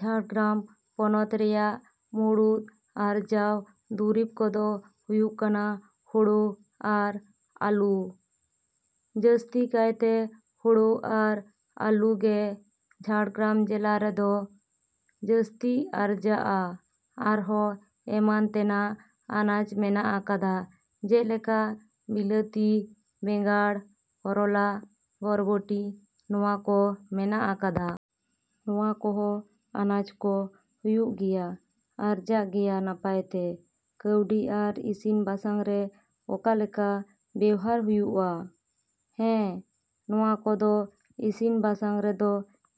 ᱡᱷᱟᱲᱜᱨᱟᱢ ᱯᱚᱱᱚᱛ ᱨᱮᱭᱟᱜ ᱢᱩᱲᱩᱫ ᱟᱨᱡᱟᱣ ᱫᱩᱨᱤᱵᱽ ᱠᱚᱫᱚ ᱦᱩᱭᱩᱜ ᱠᱟᱱᱟ ᱦᱳᱲᱳ ᱟᱨ ᱟᱞᱩ᱾ ᱡᱟᱹᱥᱛᱤ ᱠᱟᱭᱛᱮ ᱦᱳᱲᱳ ᱟᱨ ᱟᱞᱩ ᱜᱮ ᱡᱷᱟᱲᱜᱨᱟᱢ ᱡᱮᱞᱟ ᱨᱮᱫᱚ ᱡᱟᱹᱥᱛᱤ ᱟᱨᱡᱟᱜᱼᱟ᱾ ᱟᱨᱦᱚᱸ ᱮᱢᱟᱱ ᱛᱮᱱᱟᱜ ᱟᱱᱟᱡ ᱢᱮᱱᱟᱜ ᱟᱠᱟᱫᱟ ᱡᱮᱞᱮᱠᱟ ᱵᱤᱞᱟᱹᱛᱤ, ᱵᱮᱸᱜᱟᱲ, ᱠᱚᱨᱚᱞᱟ, ᱵᱚᱨᱵᱚᱴᱤ ᱱᱚᱣᱟ ᱠᱚ ᱢᱮᱱᱟᱜ ᱟᱠᱟᱫᱟ᱾ ᱱᱚᱣᱟ ᱠᱚᱦᱚᱸ ᱟᱱᱟᱡ ᱠᱚ ᱦᱩᱭᱩᱜ ᱜᱮᱭᱟ, ᱟᱨᱡᱟᱜ ᱜᱮᱭᱟ ᱱᱟᱯᱟᱭ ᱛᱮ᱾ ᱠᱟᱹᱣᱰᱤ ᱟᱨ ᱤᱥᱤᱱ ᱨᱮ ᱚᱠᱟ ᱞᱮᱠᱟ ᱵᱮᱣᱦᱟᱨ ᱦᱩᱭᱩᱜᱼᱟ? ᱦᱮᱸ, ᱱᱚᱣᱟ ᱠᱚᱫᱚ ᱤᱥᱤᱱ ᱨᱮᱫᱚ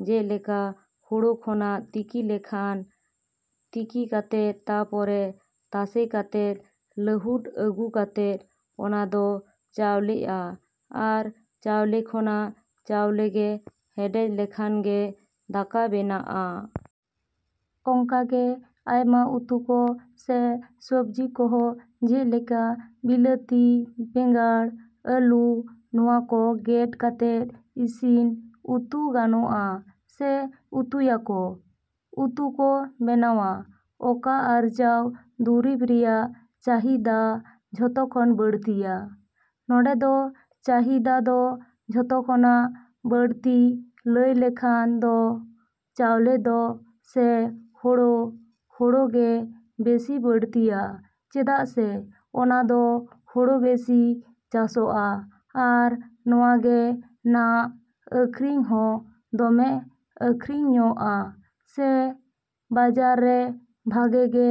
ᱡᱮᱞᱮᱠᱟ ᱦᱳᱲᱳ ᱠᱷᱚᱱᱟᱜ ᱛᱤᱠᱤ ᱞᱮᱠᱷᱟᱱ, ᱛᱤᱠᱤ ᱠᱟᱛᱮᱫ ᱛᱟᱨᱯᱚᱨᱮ ᱛᱟᱥᱮ ᱠᱟᱛᱮᱫ ᱞᱟᱹᱦᱩᱫ ᱟᱹᱜᱩ ᱠᱟᱛᱮᱫ ᱚᱱᱟ ᱫᱚ ᱪᱟᱣᱞᱮᱜᱼᱟ ᱟᱨ ᱪᱟᱣᱞᱮ ᱠᱷᱚᱱᱟᱜ ᱪᱟᱣᱞᱮ ᱜᱮ ᱦᱮᱰᱮᱡ ᱞᱮᱠᱷᱟᱱ ᱜᱮ ᱫᱟᱠᱟ ᱵᱮᱱᱟᱜᱼᱟ᱾ ᱚᱱᱠᱟᱜᱮ ᱟᱭᱢᱟ ᱩᱛᱩ ᱠᱚ ᱥᱮ ᱥᱚᱵᱡᱤ ᱠᱚᱦᱚᱸ ᱡᱮᱞᱮᱠᱟ ᱵᱤᱞᱟᱹᱛᱤ, ᱵᱮᱸᱜᱟᱲ, ᱟᱹᱞᱩ ᱱᱚᱣᱟ ᱠᱚ ᱜᱮᱫ ᱠᱟᱛᱮᱫ ᱤᱥᱤᱱ ᱩᱛᱩ ᱜᱟᱱᱚᱜᱼᱟ ᱥᱮ ᱩᱛᱩᱭᱟᱠᱚ, ᱩᱛᱩ ᱠᱚ ᱵᱮᱱᱟᱣᱟ᱾ ᱚᱠᱟ ᱟᱨᱡᱟᱣ ᱫᱩᱨᱤᱵᱽ ᱨᱮᱭᱟᱜ ᱪᱟᱦᱤᱫᱟ ᱡᱚᱛᱚ ᱠᱷᱚᱱ ᱵᱟᱹᱲᱛᱤᱭᱟ? ᱱᱚᱸᱰᱮ ᱫᱚ ᱪᱟᱦᱤᱫᱟ ᱫᱚ ᱡᱚᱛᱚ ᱠᱷᱚᱱᱟᱜ ᱵᱟᱹᱲᱛᱤ ᱞᱟᱹᱭ ᱞᱮᱠᱷᱟᱱ ᱫᱚ ᱪᱟᱣᱞᱮ ᱫᱚ ᱥᱮ ᱦᱳᱲᱳ, ᱦᱳᱲᱳ ᱜᱮ ᱵᱤᱥᱤ ᱵᱟᱹᱲᱛᱤᱭᱟ ᱪᱮᱫᱟᱜ ᱥᱮ ᱚᱱᱟᱫᱚ ᱦᱳᱲᱳ ᱵᱮᱥᱤ ᱪᱟᱥᱚᱜᱼᱟ ᱟᱨ ᱱᱚᱣᱟᱜᱮ ᱱᱟᱜ ᱟᱹᱠᱷᱟᱨᱤᱧ ᱦᱚᱸ ᱫᱚᱢᱮ ᱟᱹᱠᱷᱟᱨᱤᱧ ᱧᱚᱜᱼᱟ ᱥᱮ ᱵᱟᱡᱟᱨ ᱨᱮ ᱵᱷᱟᱜᱮ ᱜᱮ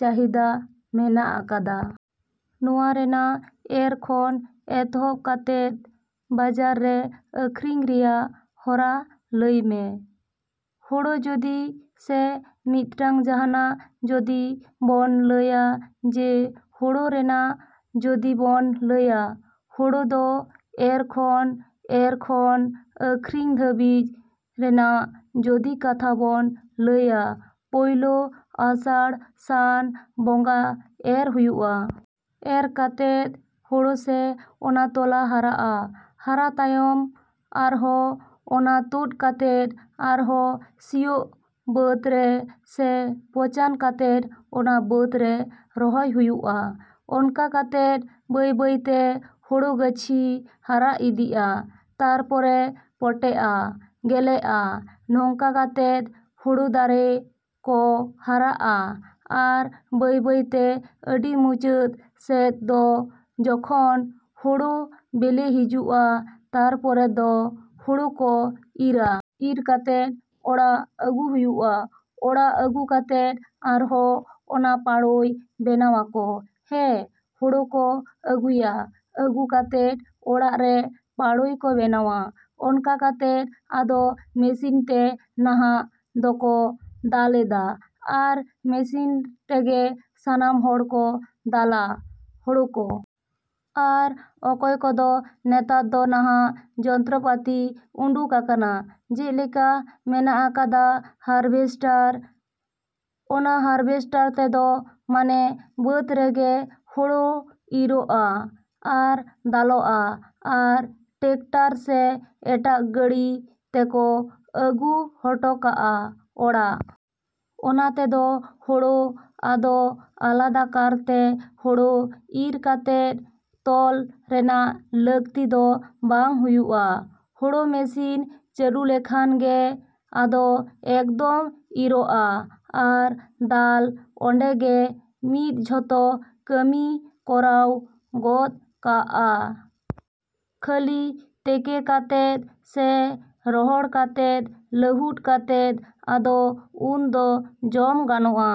ᱪᱟᱦᱤᱫᱟ ᱢᱮᱱᱟᱜ ᱟᱠᱟᱫᱟ᱾ ᱱᱚᱣᱟ ᱨᱮᱱᱟᱜ ᱮᱨ ᱠᱷᱚᱱ ᱮᱛᱚᱦᱚᱵ ᱠᱟᱛᱮᱫ ᱵᱟᱡᱟᱨ ᱨᱮ ᱟᱹᱠᱷᱟᱨᱤᱧ ᱨᱮᱭᱟᱜ ᱦᱚᱨᱟ ᱞᱟᱹᱭᱢᱮ᱾ ᱦᱳᱲᱳ ᱡᱩᱫᱤ ᱥᱮ ᱢᱤᱫᱴᱟᱝ ᱡᱟᱦᱟᱱᱟᱜ ᱡᱩᱫᱤ ᱵᱚᱱ ᱞᱟᱹᱭᱟ ᱡᱮ ᱦᱳᱲᱳ ᱨᱮᱱᱟᱜ ᱡᱩᱫᱤ ᱵᱚᱱ ᱞᱟᱹᱭᱟ, ᱦᱳᱲᱳ ᱫᱚ ᱮᱨ ᱠᱷᱚᱱ ᱮᱨ ᱠᱷᱚᱱ ᱟᱹᱠᱷᱟᱨᱤᱧ ᱫᱷᱟᱹᱵᱤᱡ ᱨᱮᱱᱟᱜ ᱡᱩᱫᱤ ᱠᱟᱛᱷᱟ ᱵᱚᱱ ᱞᱟᱹᱭᱟ, ᱯᱳᱭᱞᱳ ᱟᱥᱟᱲ ᱥᱟᱱ ᱵᱚᱸᱜᱟ ᱮᱨ ᱦᱩᱭᱩᱜᱼᱟ᱾ ᱮᱨ ᱠᱟᱛᱮᱫ ᱦᱳᱲᱳ ᱥᱮ ᱚᱱᱟ ᱛᱚᱞᱟ ᱦᱟᱨᱟᱜᱼᱟ᱾ ᱦᱟᱨᱟ ᱛᱟᱭᱚᱢ ᱟᱨᱦᱚᱸ ᱚᱱᱟ ᱛᱳᱫ ᱠᱟᱛᱮᱫ ᱟᱨᱦᱚᱸ ᱥᱤᱭᱳᱜ ᱵᱟᱹᱫᱽ ᱨᱮ ᱥᱮ ᱯᱚᱪᱟᱱ ᱠᱟᱛᱮᱫ ᱚᱱᱟ ᱵᱟᱹᱫᱽ ᱨᱮ ᱨᱚᱦᱚᱭ ᱦᱩᱭᱩᱜᱼᱟ᱾ ᱚᱱᱠᱟ ᱠᱟᱛᱮᱫ ᱵᱟᱹᱭᱼᱵᱟᱹᱭᱛᱮ ᱦᱳᱲᱳ ᱜᱟᱹᱪᱷᱤ ᱦᱟᱨᱟ ᱤᱫᱤᱜᱼᱟ᱾ ᱛᱟᱨᱯᱚᱨᱮ ᱯᱚᱴᱮᱜᱼᱟ, ᱜᱮᱞᱮᱜᱼᱟ, ᱱᱚᱝᱠᱟ ᱠᱟᱛᱮᱫ ᱦᱳᱲᱳ ᱫᱟᱨᱮ ᱫᱚ ᱦᱟᱨᱟᱜᱼᱟ ᱟᱨ ᱵᱟᱹᱭᱼᱵᱟᱹᱭᱛᱮ ᱟᱹᱰᱤ ᱢᱩᱪᱟᱹᱫ ᱥᱮᱫ ᱫᱚ ᱡᱚᱠᱷᱚᱱ ᱦᱳᱲᱳ ᱵᱮᱞᱮ ᱦᱤᱡᱩᱜᱼᱟ ᱛᱟᱨᱯᱚᱨᱮ ᱫᱚ ᱦᱳᱲᱳ ᱠᱚ ᱤᱨᱟ᱾ ᱤᱨ ᱠᱟᱛᱮᱫ ᱚᱲᱟᱜ ᱟᱹᱜᱩ ᱦᱩᱭᱩᱜᱼᱟ᱾ ᱚᱲᱟᱜ ᱟᱹᱜᱩ ᱠᱟᱛᱮᱫ ᱟᱨᱦᱚᱸ ᱚᱱᱟ ᱯᱟᱲᱳᱭ ᱵᱮᱱᱟᱣᱟᱠᱚ᱾ ᱦᱮᱸ, ᱦᱳᱲᱳ ᱠᱚ ᱟᱹᱜᱩᱭᱟ, ᱟᱹᱜᱩ ᱠᱟᱛᱮᱫ ᱚᱲᱟᱜ ᱨᱮ ᱯᱟᱲᱳᱭ ᱠᱚ ᱵᱮᱱᱟᱣᱟ᱾ ᱚᱱᱠᱟ ᱠᱟᱛᱮᱫ ᱟᱫᱚ ᱢᱤᱥᱤᱱᱛᱮ ᱱᱟᱦᱟᱜ ᱫᱚᱠᱚ ᱫᱟᱞᱮᱫᱟ ᱟᱨ ᱢᱤᱥᱤᱱ ᱛᱮᱜᱮ ᱥᱟᱱᱟᱢ ᱦᱚᱲᱠᱚ ᱫᱟᱞᱟ ᱦᱳᱲᱳ ᱠᱚ᱾ ᱟᱨ ᱚᱠᱚᱭ ᱠᱚᱫᱚ ᱱᱮᱛᱟᱨ ᱫᱚ ᱱᱟᱦᱟᱜ ᱡᱚᱱᱛᱨᱚᱯᱟᱛᱤ ᱩᱰᱩᱠ ᱟᱠᱟᱱᱟ ᱡᱮᱞᱮᱠᱟ ᱢᱮᱱᱟᱜ ᱟᱠᱟᱫᱟ ᱦᱟᱨᱵᱷᱮᱥᱴᱟᱨ᱾ ᱚᱱᱟ ᱦᱟᱨᱵᱷᱮᱥᱴᱟᱨ ᱛᱮᱫᱚ ᱢᱟᱱᱮ ᱵᱟᱹᱫᱽ ᱨᱮᱜᱮ ᱦᱳᱲᱳ ᱤᱨᱚᱜᱼᱟ ᱟᱨ ᱫᱟᱞᱚᱜᱼᱟ ᱟᱨ ᱴᱮᱠᱴᱟᱨ ᱥᱮ ᱮᱴᱟᱜ ᱜᱟᱹᱲᱤ ᱛᱮᱠᱚ ᱟᱹᱜᱩ ᱦᱚᱴᱚ ᱠᱟᱜᱼᱟ ᱚᱲᱟᱜ᱾ ᱚᱱᱟ ᱛᱮᱫᱚ ᱦᱳᱲᱳ ᱟᱫᱚ ᱟᱞᱟᱫᱟ ᱠᱟᱨᱛᱮ ᱦᱳᱲᱳ ᱤᱨ ᱠᱟᱛᱮᱫ ᱛᱚᱞ ᱨᱮᱱᱟᱜ ᱞᱟᱹᱠᱛᱤ ᱫᱚ ᱵᱟᱝ ᱦᱩᱭᱩᱜᱼᱟ᱾ ᱦᱳᱲᱳ ᱢᱤᱥᱤᱱ ᱪᱟᱹᱞᱩ ᱞᱮᱠᱷᱟᱱ ᱜᱮ ᱟᱫᱚ ᱮᱠᱫᱚᱢ ᱤᱨᱚᱜᱼᱟ ᱟᱨ ᱫᱟᱞ ᱚᱸᱰᱮ ᱜᱮ ᱢᱤᱫ ᱡᱚᱛᱚ ᱠᱟᱹᱢᱤᱭ ᱠᱚᱨᱟᱣ ᱜᱚᱫ ᱠᱟᱜᱼᱟ᱾ ᱠᱷᱟᱹᱞᱤ ᱛᱮᱠᱮ ᱠᱟᱛᱮᱫ ᱥᱮ ᱨᱚᱦᱚᱲ ᱠᱟᱛᱮᱫ ᱞᱟᱹᱦᱩᱫ ᱠᱟᱛᱮᱫ ᱟᱫᱚ ᱩᱱᱫᱚ ᱡᱚᱢ ᱜᱟᱱᱚᱜᱼᱟ᱾